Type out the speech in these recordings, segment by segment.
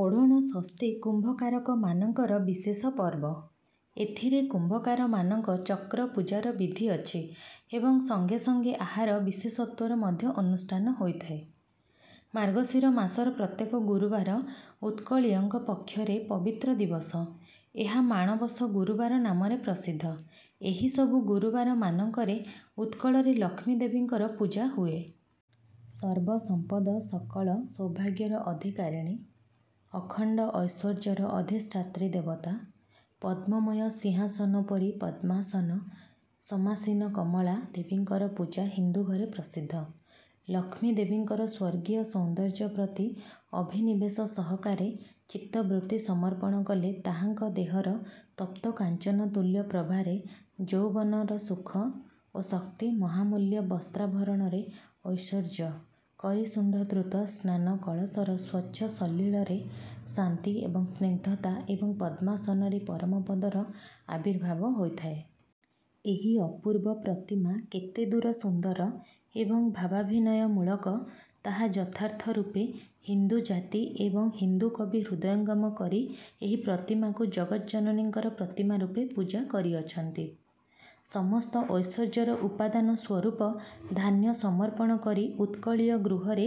ଓଢ଼ଣ ଷଷ୍ଠୀ କୁମ୍ଭକାରକମାନଙ୍କର ବିଶେଷ ପର୍ବ। ଏଥିରେ କୁମ୍ଭକାରମାନଙ୍କ ଚକ୍ରପୂଜାର ବିଧି ଅଛି ଏବଂ ସଙ୍ଗେ ସଙ୍ଗେ ଆହାର ବିଶେଷତ୍ୱର ମଧ୍ୟ ଅନୁଷ୍ଠାନ ହୋଇଥାଏ। ମାର୍ଗଶିର ମାସର ପ୍ରତ୍ୟେକ ଗୁରୁବାର ଉତ୍କଳୀୟଙ୍କ ପକ୍ଷରେ ପବିତ୍ର ଦିବସ। ଏହା ମାଣ ବସ ଗୁରୁବାର ନାମରେ ପ୍ରସିଦ୍ଧ। ଏହି ସବୁ ଗୁରୁବାରମାନଙ୍କରେ ଉତ୍କଳରେ ଲକ୍ଷ୍ମୀଦେବୀଙ୍କର ପୂଜା ହୁଏ। ସର୍ବ ସମ୍ପଦ ସକଳ ସୌଭାଗ୍ୟର ଅଧିକାରିଣୀ, ଅଖଣ୍ଡ ଐଶ୍ୱର୍ଯ୍ୟର ଅଧିଷ୍ଠାତ୍ରୀ ଦେବତା, ପଦ୍ମମୟ ସିଂହାସନୋପରି ପଦ୍ମାସନ ସମାସୀନ କମଳା ଦେବୀଙ୍କର ପୂଜା ହିନ୍ଦୁ ଘରେ ପ୍ରସିଦ୍ଧ। ଲକ୍ଷ୍ମୀଦେବୀଙ୍କର ସ୍ୱର୍ଗୀୟ ସୌନ୍ଦର୍ଯ୍ୟ ପ୍ରତି ଅଭିନିବେଶ ସହକାରେ ଚିତ୍ତବୃତ୍ତି ସମର୍ପଣ କଲେ ତାହାଙ୍କ ଦେହର ତପ୍ତକାଞ୍ଚନତୁଲ୍ୟ ପ୍ରଭାରେ ଯୌବନର ସୁଖ ଓ ଶକ୍ତି ମହାମୂଲ୍ୟ ବସ୍ତ୍ରା ଭରଣରେ ଐଶ୍ୱର୍ଯ୍ୟ, କରି ଶୁଣ୍ଢ ଧୃତ ସ୍ନାନ କଳସର ସ୍ୱଚ୍ଛ ସଲିଳରେ ଶାନ୍ତି ଏବଂ ସ୍ନିଗ୍ଧତା ଏବଂ ପଦ୍ମାସନରେ ପରମପଦର ଆବିର୍ଭାବ ହୋଇଥାଏ। ଏହି ଅପୂର୍ବ ପ୍ରତିମା କେତେଦୂର ସୁନ୍ଦର ଏବଂ ଭାବାଭିନୟମୂଳକ, ତାହା ଯଥାର୍ଥରୂପେ ହିନ୍ଦୁ ଜାତି ଏବଂ ହିନ୍ଦୁ କବି ହୃଦୟଙ୍ଗମ କରି ଏହି ପ୍ରତିମାକୁ ଜଗଜ୍ଜନନୀଙ୍କର ପ୍ରତିମାରୂପେ ପୂଜା କରିଅଛନ୍ତି। ସମସ୍ତ ଐଶ୍ୱର୍ଯ୍ୟର ଉପାଦାନସ୍ୱରୂପ ଧାନ୍ୟ ସମର୍ପଣ କରି ଉତ୍କଳୀୟ ଗୃହରେ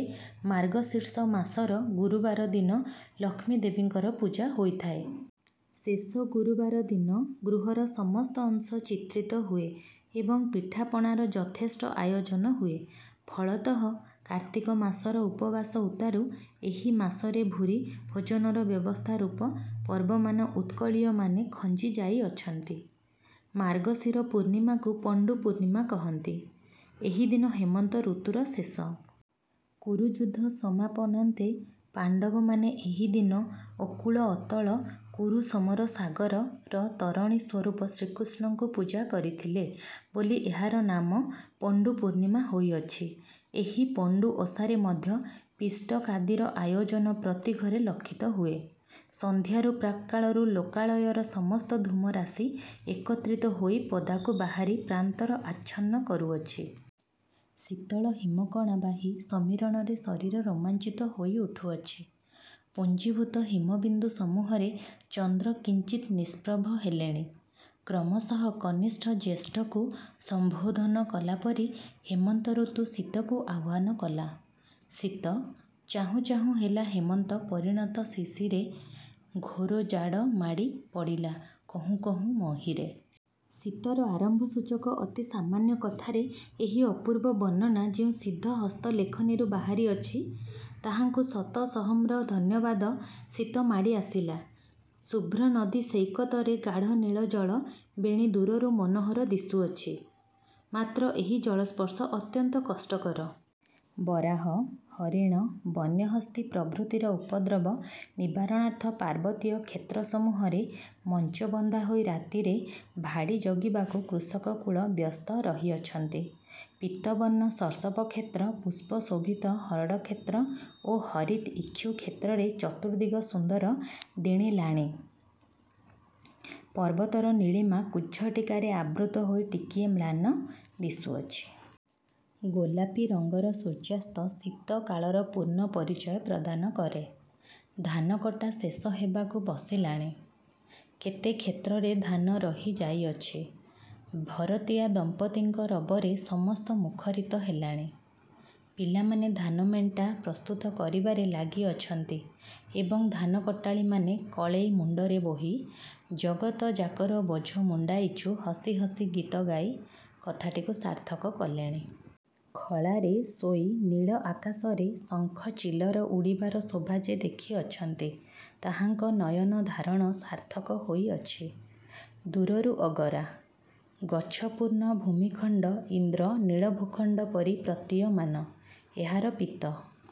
ମାର୍ଗଶୀର୍ଷ ମାସର ଗୁରୁବାର ଦିନ ଲକ୍ଷ୍ମୀଦେବୀଙ୍କର ପୂଜା ହୋଇଥାଏ। ଶେଷ ଗୁରୁବାର ଦିନ ଗୃହର ସମସ୍ତ ଅଂଶ ଚିତ୍ରିତ ହୁଏ ଏବଂ ପିଠାପଣାର ଯଥେଷ୍ଟ ଆୟୋଜନ ହୁଏ। ଫଳତଃ କାର୍ତ୍ତିକ ମାସର ଉପବାସ ଉତ୍ତାରୁ ଏହି ମାସରେ ଭୂରି ଭୋଜନର ବ୍ୟବସ୍ଥାରୂପ ପର୍ବମାନ ଉତ୍କଳୀୟମାନେ ଖଞ୍ଜି ଯାଇଅଛନ୍ତି। ମାର୍ଗଶିର ପୂର୍ଣ୍ଣିମାକୁ ପଣ୍ତୁ ପୂର୍ଣ୍ଣିମା କହନ୍ତି। ଏହି ଦିନ ହେମନ୍ତ ଋତୁର ଶେଷ। କୁରୁଯୁଦ୍ଧ ସମାପନାନ୍ତେ ପାଣ୍ତବମାନେ ଏହି ଦିନ ଅକୂଳ ଅତଳ କୁରୁସମରସାଗର''ର ତରଣୀସ୍ୱରୂପ ଶ୍ରୀକୃଷ୍ଣଙ୍କୁ ପୂଜା କରିଥିଲେ ବୋଲି ଏହାର ନାମ ପଣ୍ତୁ ପୂର୍ଣ୍ଣିମା ହୋଇଅଛି। ଏହି ପଣ୍ତୁ ଓଷାରେ ମଧ୍ୟ ପିଷ୍ଟକାଦିର ଆୟୋଜନ ପ୍ରତି ଘରେ ଲକ୍ଷିତ ହୁଏ। ସନ୍ଧ୍ୟାରୁ ପ୍ରାକ୍କାଳରୁ ଲୋକାଳୟର ସମସ୍ତ ଧୂମରାଶି ଏକତ୍ରିତ ହୋଇ ପଦାକୁ ବାହାରି ପ୍ରାନ୍ତର ଆଚ୍ଛନ୍ନ କରୁଅଛି। ଶୀତଳ ହିମ କଣା ବାହୀ ସମୀରଣରେ ଶରୀର ରୋମାଞ୍ଚିତ ହୋଇ ଉଠୁଅଛି। ପୁଞ୍ଜୀଭୁତ ହିମବିନ୍ଦୁସମୂହରେ ଚନ୍ଦ୍ର କିଞ୍ଚିତ୍ ନିଷ୍ପ୍ରଭ ହେଲେଣି। କ୍ରିମଶଃ କନିଷ୍ଠ ଜ୍ୟେଷ୍ଠକୁ ସମ୍ଭୋଧନ କଲା ପରି ହେମନ୍ତ ଋତୁ ଶୀତକୁ ଆହ୍ଵାନ କଲା। ଶୀତ। ଚାହୁଁ ଚାହୁଁ ହେଲା ହେମନ୍ତ ପରିଣତ ଶିଶିରେ ''ଘୋର ଜାଡ଼ ମାଡ଼ି ପଡ଼ିଲା କହୁଁ କହୁଁ ମହୀରେ। ଶୀତର ଆରମ୍ଭସୂଚକ ଅତି ସାମାନ୍ୟ କଥାରେ ଏହି ଅପୂର୍ବ ବର୍ଣ୍ଣନା ଯେଉଁ ସିଦ୍ଧ ହସ୍ତ ଲେଖନୀରୁ ବାହାରିଅଛି, ତାହାଙ୍କୁ ଶତ ସହମ୍ର ଧନ୍ୟବାଦ ଶୀତ ମାଡ଼ି ଆସିଲା। ଶୁଭ୍ର ନଦୀସୈକତରେ ଗାଢ଼ ନୀଳ ଜଳ ବେଣୀ ଦୂରରୁ ମନୋହର ଦିଶୁଅଛି, ମାତ୍ର ଏହି ଜଳସ୍ପର୍ଶ ଅତ୍ୟନ୍ତ କଷ୍ଟକର। ବରାହ, ହରିଣ, ବନ୍ୟହସ୍ତୀ ପ୍ରଭୃତିର ଉପଦ୍ରବ ନିବାରଣାର୍ଥ ପାର୍ବତୀୟ କ୍ଷେତ୍ରସମୂହରେ ମଞ୍ଚ ବନ୍ଧା ହୋଇ ରାତିରେ ''ଭାଡ଼ି ଜଗିବାକୁ'' କୃଷକକୁଳ ବ୍ୟସ୍ତ ରହିଅଛନ୍ତି। ପୀତବର୍ଣ୍ଣ ସର୍ଷପକ୍ଷେତ୍ର ପୁଷ୍ପଶୋଭିତ ହରଡ଼କ୍ଷେତ୍ର ଓ ହରିତ୍ ଇକ୍ଷୁକ୍ଷେତ୍ରରେ ଚତୁର୍ଦିଗ ସୁନ୍ଦର ଦିଣିଲାଣି। ପର୍ବତର ନୀଳିମା କୁଜ୍ଝଟିକାରେ ଆବୃତ ହୋଇ ଟିକିଏ ମ୍ଳାନ ଦିଶୁଅଛି! ଗୋଲାପୀ ରଙ୍ଗର ସୂର୍ଯ୍ୟାସ୍ତ ଶୀତ କାଳର ପୂର୍ଣ୍ଣ ପରିଚୟ ପ୍ରଦାନ କରେ। ଧାନ କଟା ଶେଷ ହେବାକୁ ବସିଲାଣି। କେତେ କ୍ଷେତ୍ରରେ ଧାନ ରହି ଯାଇଅଛି। ଭରତିଆ ଦମ୍ପତୀଙ୍କ ରବରେ ସମସ୍ତ ମୁଖରିତ ହେଲାଣି। ପିଲାମାନେ ଧାନ ମେଣ୍ଟା ପ୍ରସ୍ତୁତ କରିବାରେ ଲାଗିଅଛନ୍ତି ଏବଂ ଧାନକଟାଳିମାନେ କଳେଇ ମୁଣ୍ତରେ ବୋହି ''ଜଗତଯାକର ବୋଝ ମୁଣ୍ତାଇଛୁ ହସି ହସି ଗୀତ ଗାଇ'' କଥାଟିକୁ ସାର୍ଥକ କଲେଣି। ଖଳାରେ ଶୋଇ ନୀଳ ଆକାଶରେ ଶଙ୍ଖଚିଲର ଉଡ଼ିବାର ଶୋଭା ଯେ ଦେଖିଅଛନ୍ତି, ତାହାଙ୍କ ନୟନଧାରଣ ସାର୍ଥକ ହୋଇଅଛି। ଦୂରରୁ ଅଗରା। ଗଛପୂର୍ଣ୍ଣ ଭୂମିଖଣ୍ତ ଇନ୍ଦ୍ର ନୀଳ ଭୂଖଣ୍ତ ପରି ପ୍ରତୀୟମାନ। ଏହାର ପୀତ--